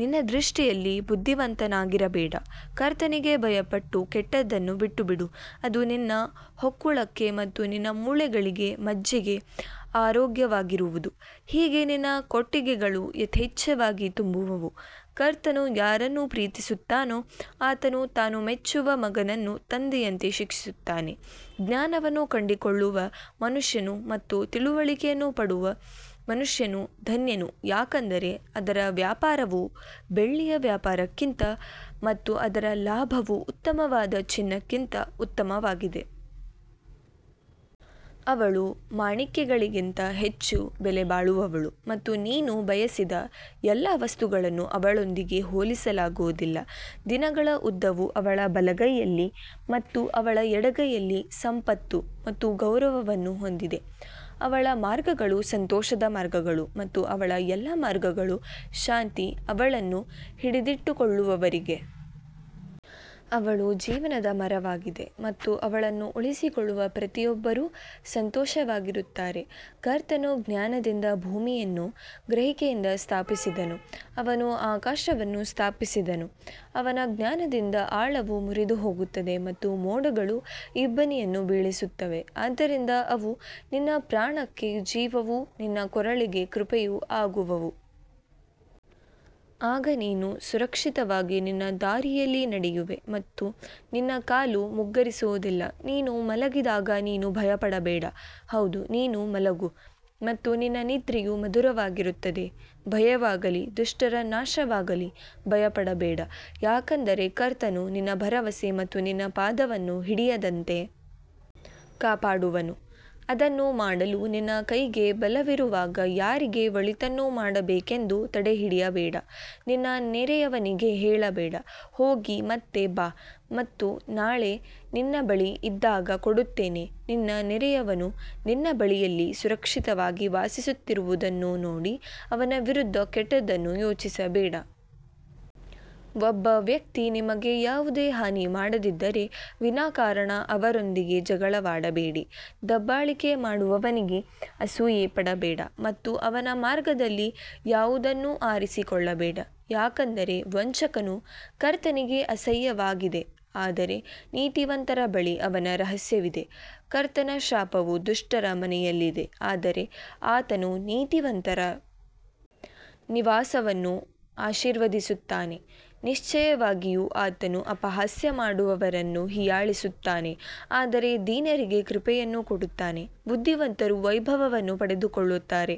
ನಿನ್ನ ದೃಷ್ಟಿಯಲ್ಲಿ ಬುದ್ಧಿವಂತನಾಗಿರಬೇಡ, ಕರ್ತನಿಗೆ ಭಯಪಟ್ಟು ಕೆಟ್ಟದ್ದನ್ನು ಬಿಟ್ಟುಬಿಡು ಅದು ನಿನ್ನ ಹೊಕ್ಕುಳಕ್ಕೆ ಮತ್ತು ನಿನ್ನ ಮೂಳೆಗಳಿಗೆ ಮಜ್ಜೆಗೆ ಆರೋಗ್ಯವಾಗಿರುವುದು ಹೀಗೆ ನಿನ್ನ ಕೊಟ್ಟಿಗೆಗಳು ಯಥೇಚ್ಛವಾಗಿ ತುಂಬುವವು ಕರ್ತನು ಯಾರನ್ನು ಪ್ರೀತಿಸುತ್ತಾನೋ ಆತನು ತಾನು ಮೆಚ್ಚುವ ಮಗನನ್ನು ತಂದೆಯಂತೆ ಶಿಕ್ಷಿಸುತ್ತಾನೆ ಜ್ಞಾನವನ್ನು ಕಂಡುಕೊಳ್ಳುವ ಮನುಷ್ಯನು ಮತ್ತು ತಿಳುವಳಿಕೆಯನ್ನು ಪಡೆಯುವ ಮನುಷ್ಯನು ಧನ್ಯನು ಯಾಕಂದರೆ ಅದರ ವ್ಯಾಪಾರವು ಬೆಳ್ಳಿಯ ವ್ಯಾಪಾರಕ್ಕಿಂತ ಮತ್ತು ಅದರ ಲಾಭವು ಉತ್ತಮವಾದ ಚಿನ್ನಕ್ಕಿಂತ ಉತ್ತಮವಾಗಿದೆ. ಅವಳು ಮಾಣಿಕ್ಯಗಳಿಗಿಂತ ಹೆಚ್ಚು ಬೆಲೆಬಾಳುವವಳು ಮತ್ತು ನೀನು ಬಯಸಿದ ಎಲ್ಲಾ ವಸ್ತುಗಳನ್ನು ಅವಳೊಂದಿಗೆ ಹೋಲಿಸಲಾಗುವುದಿಲ್ಲ ದಿನಗಳ ಉದ್ದವು ಅವಳ ಬಲಗೈಯಲ್ಲಿ ಮತ್ತು ಅವಳ ಎಡಗೈಯಲ್ಲಿ ಸಂಪತ್ತು ಮತ್ತು ಗೌರವವನ್ನು ಹೊಂದಿದೆ ಅವಳ ಮಾರ್ಗಗಳು ಸಂತೋಷದ ಮಾರ್ಗಗಳು ಮತ್ತು ಅವಳ ಎಲ್ಲಾ ಮಾರ್ಗಗಳು ಶಾಂತಿ ಅವಳನ್ನು ಹಿಡಿದಿಟ್ಟುಕೊಳ್ಳುವವರಿಗೆ ಅವಳು ಜೀವನದ ಮರವಾಗಿದೆ ಮತ್ತು ಅವಳನ್ನು ಉಳಿಸಿಕೊಳ್ಳುವ ಪ್ರತಿಯೊಬ್ಬರೂ ಸಂತೋಷವಾಗಿರುತ್ತಾರೆ ಕರ್ತನು ಜ್ಞಾನದಿಂದ ಭೂಮಿಯನ್ನು ಗ್ರಹಿಕೆಯಿಂದ ಸ್ಥಾಪಿಸಿದನು, ಅವನು ಆಕಾಶವನ್ನು ಸ್ಥಾಪಿಸಿದನು ಅವನ ಜ್ಞಾನದಿಂದ ಆಳವು ಮುರಿದುಹೋಗುತ್ತದೆ ಮತ್ತು ಮೋಡಗಳು ಇಬ್ಬನಿಯನ್ನು ಬೀಳಿಸುತ್ತವೆ ಆದ್ದರಿಂದ ಅವು ನಿನ್ನ ಪ್ರಾಣಕ್ಕೆ ಜೀವವೂ ನಿನ್ನ ಕೊರಳಿಗೆ ಕೃಪೆಯೂ ಆಗುವವು ಆಗ ನೀನು ಸುರಕ್ಷಿತವಾಗಿ ನಿನ್ನ ದಾರಿಯಲ್ಲಿ ನಡೆಯುವೆ ಮತ್ತು ನಿನ್ನ ಕಾಲು ಮುಗ್ಗರಿಸುವುದಿಲ್ಲ ನೀನು ಮಲಗಿದಾಗ ನೀನು ಭಯಪಡಬೇಡ ಹೌದು ನೀನು ಮಲಗು ಮತ್ತು ನಿನ್ನ ನಿದ್ರೆಯು ಮಧುರವಾಗಿರುತ್ತದೆ ಭಯವಾಗಲಿ ದುಷ್ಟರ ನಾಶವಾಗಲಿ ಭಯಪಡಬೇಡ ಯಾಕಂದರೆ ಕರ್ತನು ನಿನ್ನ ಭರವಸೆ ಮತ್ತು ನಿನ್ನ ಪಾದವನ್ನು ಹಿಡಿಯದಂತೆ ಕಾಪಾಡುವನು ಅದನ್ನು ಮಾಡಲು ನಿನ್ನ ಕೈಗೆ ಬಲವಿರುವಾಗ ಯಾರಿಗೆ ಒಳಿತನ್ನು ಮಾಡಬೇಕೆಂದು ತಡೆಹಿಡಿಯಬೇಡ ನಿನ್ನ ನೆರೆಯವನಿಗೆ ಹೇಳಬೇಡ ಹೋಗಿ ಮತ್ತೆ ಬಾ ಮತ್ತು ನಾಳೆ ನಿನ್ನ ಬಳಿ ಇದ್ದಾಗ ಕೊಡುತ್ತೇನೆ ನಿನ್ನ ನೆರೆಯವನು ನಿನ್ನ ಬಳಿಯಲ್ಲಿ ಸುರಕ್ಷಿತವಾಗಿ ವಾಸಿಸುತ್ತಿರುವುದನ್ನು ನೋಡಿ ಅವನ ವಿರುದ್ಧ ಕೆಟ್ಟದ್ದನ್ನು ಯೋಚಿಸಬೇಡ ಒಬ್ಬ ವ್ಯಕ್ತಿ ನಿಮಗೆ ಯಾವುದೇ ಹಾನಿ ಮಾಡದಿದ್ದರೆ ವಿನಾಕಾರಣ ಅವರೊಂದಿಗೆ ಜಗಳವಾಡಬೇಡಿ ದಬ್ಬಾಳಿಕೆ ಮಾಡುವವನಿಗೆ ಅಸೂಯೆಪಡಬೇಡ ಮತ್ತು ಅವನ ಮಾರ್ಗಗಳಲ್ಲಿ ಯಾವುದನ್ನೂ ಆರಿಸಿಕೊಳ್ಳಬೇಡ ಯಾಕಂದರೆ ವಂಚಕನು ಕರ್ತನಿಗೆ ಅಸಹ್ಯವಾಗಿದೆ ಆದರೆ ನೀತಿವಂತರ ಬಳಿ ಅವನ ರಹಸ್ಯವಿದೆ ಕರ್ತನ ಶಾಪವು ದುಷ್ಟರ ಮನೆಯಲ್ಲಿದೆ ಆದರೆ ಆತನು ನೀತಿವಂತರ ನಿವಾಸವನ್ನು ಆಶೀರ್ವದಿಸುತ್ತಾನೆ ನಿಶ್ಚಯವಾಗಿಯೂ ಆತನು ಅಪಹಾಸ್ಯ ಮಾಡುವವರನ್ನು ಹೀಯಾಳಿಸುತ್ತಾನೆ ಆದರೆ ದೀನರಿಗೆ ಕೃಪೆಯನ್ನು ಕೊಡುತ್ತಾನೆ ಬುದ್ಧಿವಂತರು ವೈಭವವನ್ನು ಪಡೆದುಕೊಳ್ಳುತ್ತಾರೆ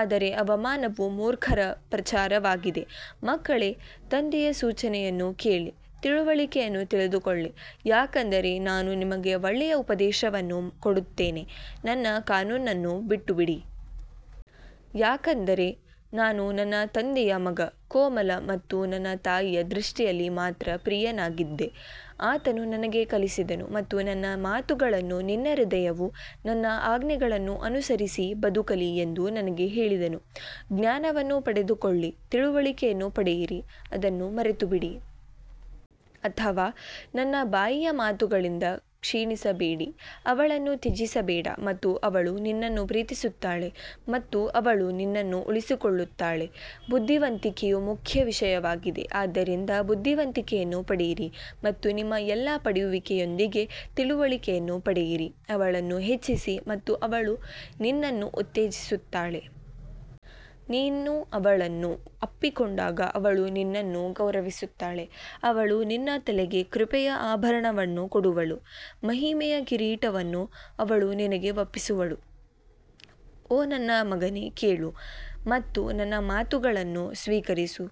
ಆದರೆ ಅವಮಾನವು ಮೂರ್ಖರ ಪ್ರಚಾರವಾಗಿದೆ ಮಕ್ಕಳೇ ತಂದೆಯ ಸೂಚನೆಯನ್ನು ಕೇಳಿ ತಿಳುವಳಿಕೆಯನ್ನು ತಿಳಿದುಕೊಳ್ಳಿ ಯಾಕಂದರೆ ನಾನು ನಿಮಗೆ ಒಳ್ಳೆಯ ಉಪದೇಶವನ್ನು ಕೊಡುತ್ತೇನೆ ನನ್ನ ಕಾನೂನನ್ನು ಬಿಟ್ಟುಬಿಡಿ ಯಾಕಂದರೆ ನಾನು ನನ್ನ ತಂದೆಯ ಮಗ ಕೋಮಲ ಮತ್ತು ನನ್ನ ತಾಯಿಯ ದೃಷ್ಟಿಯಲ್ಲಿ ಮಾತ್ರ ಪ್ರಿಯನಾಗಿದ್ದೆ ಆತನು ನನಗೆ ಕಲಿಸಿದನು ಮತ್ತು ನನ್ನ ಮಾತುಗಳನ್ನು ನಿನ್ನ ಹೃದಯವು ನನ್ನ ಆಜ್ಞೆಗಳನ್ನು ಅನುಸರಿಸಿ ಬದುಕಲಿ ಎಂದು ನನಗೆ ಹೇಳಿದನು ಜ್ಞಾನವನ್ನು ಪಡೆದುಕೊಳ್ಳಿ ತಿಳುವಳಿಕೆಯನ್ನು ಪಡೆಯಿರಿ ಅದನ್ನು ಮರೆತುಬಿಡಿ ಅಥವಾ ನನ್ನ ಬಾಯಿಯ ಮಾತುಗಳಿಂದ ಕ್ಷೀಣಿಸಬೇಡಿ ಅವಳನ್ನು ತ್ಯಜಿಸಬೇಡ ಮತ್ತು ಅವಳು ನಿನ್ನನ್ನು ಪ್ರೀತಿಸುತ್ತಾಳೆ ಮತ್ತು ಅವಳು ನಿನ್ನನ್ನು ಉಳಿಸಿಕೊಳ್ಳುತ್ತಾಳೆ ಬುದ್ಧಿವಂತಿಕೆಯು ಮುಖ್ಯ ವಿಷಯವಾಗಿದೆ, ಆದ್ದರಿಂದ ಬುದ್ಧಿವಂತಿಕೆಯನ್ನು ಪಡೆಯಿರಿ ಮತ್ತು ನಿಮ್ಮ ಎಲ್ಲಾ ಪಡೆಯುವಿಕೆಯೊಂದಿಗೆ ತಿಳುವಳಿಕೆಯನ್ನು ಪಡೆಯಿರಿ ಅವಳನ್ನು ಹೆಚ್ಚಿಸಿ ಮತ್ತು ಅವಳು ನಿನ್ನನ್ನು ಉತ್ತೇಜಿಸುತ್ತಾಳೆ, ನೀನು ಅವಳನ್ನು ಅಪ್ಪಿಕೊಂಡಾಗ ಅವಳು ನಿನ್ನನ್ನು ಗೌರವಿಸುತ್ತಾಳೆ ಅವಳು ನಿನ್ನ ತಲೆಗೆ ಕೃಪೆಯ ಆಭರಣವನ್ನು ಕೊಡುವಳು, ಮಹಿಮೆಯ ಕಿರೀಟವನ್ನು ಅವಳು ನಿನಗೆ ಒಪ್ಪಿಸುವಳು ಓ ನನ್ನ ಮಗನೇ ಕೇಳು ಮತ್ತು ನನ್ನ ಮಾತುಗಳನ್ನು ಸ್ವೀಕರಿಸು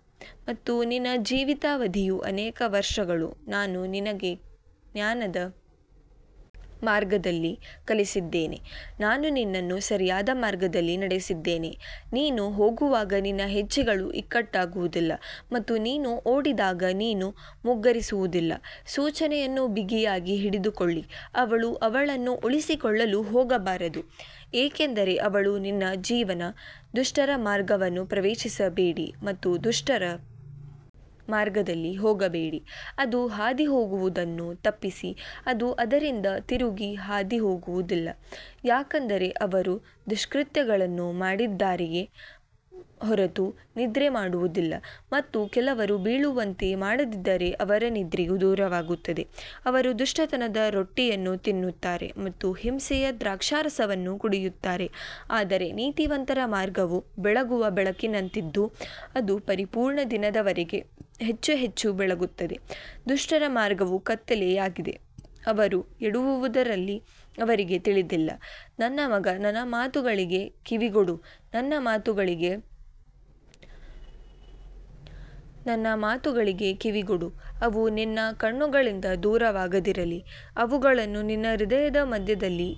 ಮತ್ತು ನಿನ್ನ ಜೀವಿತಾವಧಿಯು ಅನೇಕ ವರ್ಷಗಳು ನಾನು ನಿನಗೆ ಜ್ಞಾನದ ಮಾರ್ಗದಲ್ಲಿ ಕಲಿಸಿದ್ದೇನೆ, ನಾನು ನಿನ್ನನ್ನು ಸರಿಯಾದ ಮಾರ್ಗದಲ್ಲಿ ನಡೆಸಿದ್ದೇನೆ ನೀನು ಹೋಗುವಾಗ ನಿನ್ನ ಹೆಜ್ಜೆಗಳು ಇಕ್ಕಟ್ಟಾಗುವುದಿಲ್ಲ ಮತ್ತು ನೀನು ಓಡಿದಾಗ ನೀನು ಮುಗ್ಗರಿಸುವುದಿಲ್ಲ ಸೂಚನೆಯನ್ನು ಬಿಗಿಯಾಗಿ ಹಿಡಿದುಕೊಳ್ಳಿ, ಅವಳು ಅವಳನ್ನು ಉಳಿಸಿಕೊಳ್ಳಲು ಹೋಗಬಾರದು ಏಕೆಂದರೆ ಅವಳು ನಿನ್ನ ಜೀವನ ದುಷ್ಟರ ಮಾರ್ಗವನ್ನು ಪ್ರವೇಶಿಸಬೇಡಿ ಮತ್ತು ದುಷ್ಟರ ಮಾರ್ಗದಲ್ಲಿ ಹೋಗಬೇಡಿ ಅದು ಹಾದುಹೋಗುವುದನ್ನು ತಪ್ಪಿಸಿ ಅದು ಅದರಿಂದ ತಿರುಗಿ ಹಾದುಹೋಗುವುದಿಲ್ಲ ಯಾಕಂದರೆ ಅವರು ದುಷ್ಕೃತ್ಯಗಳನ್ನು ಮಾಡಿದ್ದಾರೆಯೇ ಹೊರತು ನಿದ್ರೆ ಮಾಡುವುದಿಲ್ಲ ಮತ್ತು ಕೆಲವರು ಬೀಳುವಂತೆ ಮಾಡದಿದ್ದರೆ ಅವರ ನಿದ್ರೆಯು ದೂರವಾಗುತ್ತದೆ ಅವರು ದುಷ್ಟತನದ ರೊಟ್ಟಿಯನ್ನು ತಿನ್ನುತ್ತಾರೆ ಮತ್ತು ಹಿಂಸೆಯ ದ್ರಾಕ್ಷಾರಸವನ್ನು ಕುಡಿಯುತ್ತಾರೆ ಆದರೆ ನೀತಿವಂತರ ಮಾರ್ಗವು ಬೆಳಗುವ ಬೆಳಕಿನಂತಿದ್ದು ಅದು ಪರಿಪೂರ್ಣ ದಿನದವರೆಗೆ ಹೆಚ್ಚು ಹೆಚ್ಚು ಬೆಳಗುತ್ತದೆ ದುಷ್ಟರ ಮಾರ್ಗವು ಕತ್ತಲೆಯಾಗಿದೆ, ಅವರು ಎಡವುವುದರಲ್ಲಿ ಅವರಿಗೆ ತಿಳಿದಿಲ್ಲ ನನ್ನ ಮಗ ನನ್ನ ಮಾತುಗಳಿಗೆ ಕಿವಿಗೊಡು, ನನ್ನ ಮಾತುಗಳಿಗೆ ಕಿವಿಗೊಡು ಅವು ನಿನ್ನ ಕಣ್ಣುಗಳಿಂದ ದೂರವಾಗದಿರಲಿ, ಅವುಗಳನ್ನು ನಿನ್ನ ಹೃದಯದ ಮಧ್ಯದಲ್ಲಿ ಇಟ್ಟುಕೊಳ್ಳಲಿ.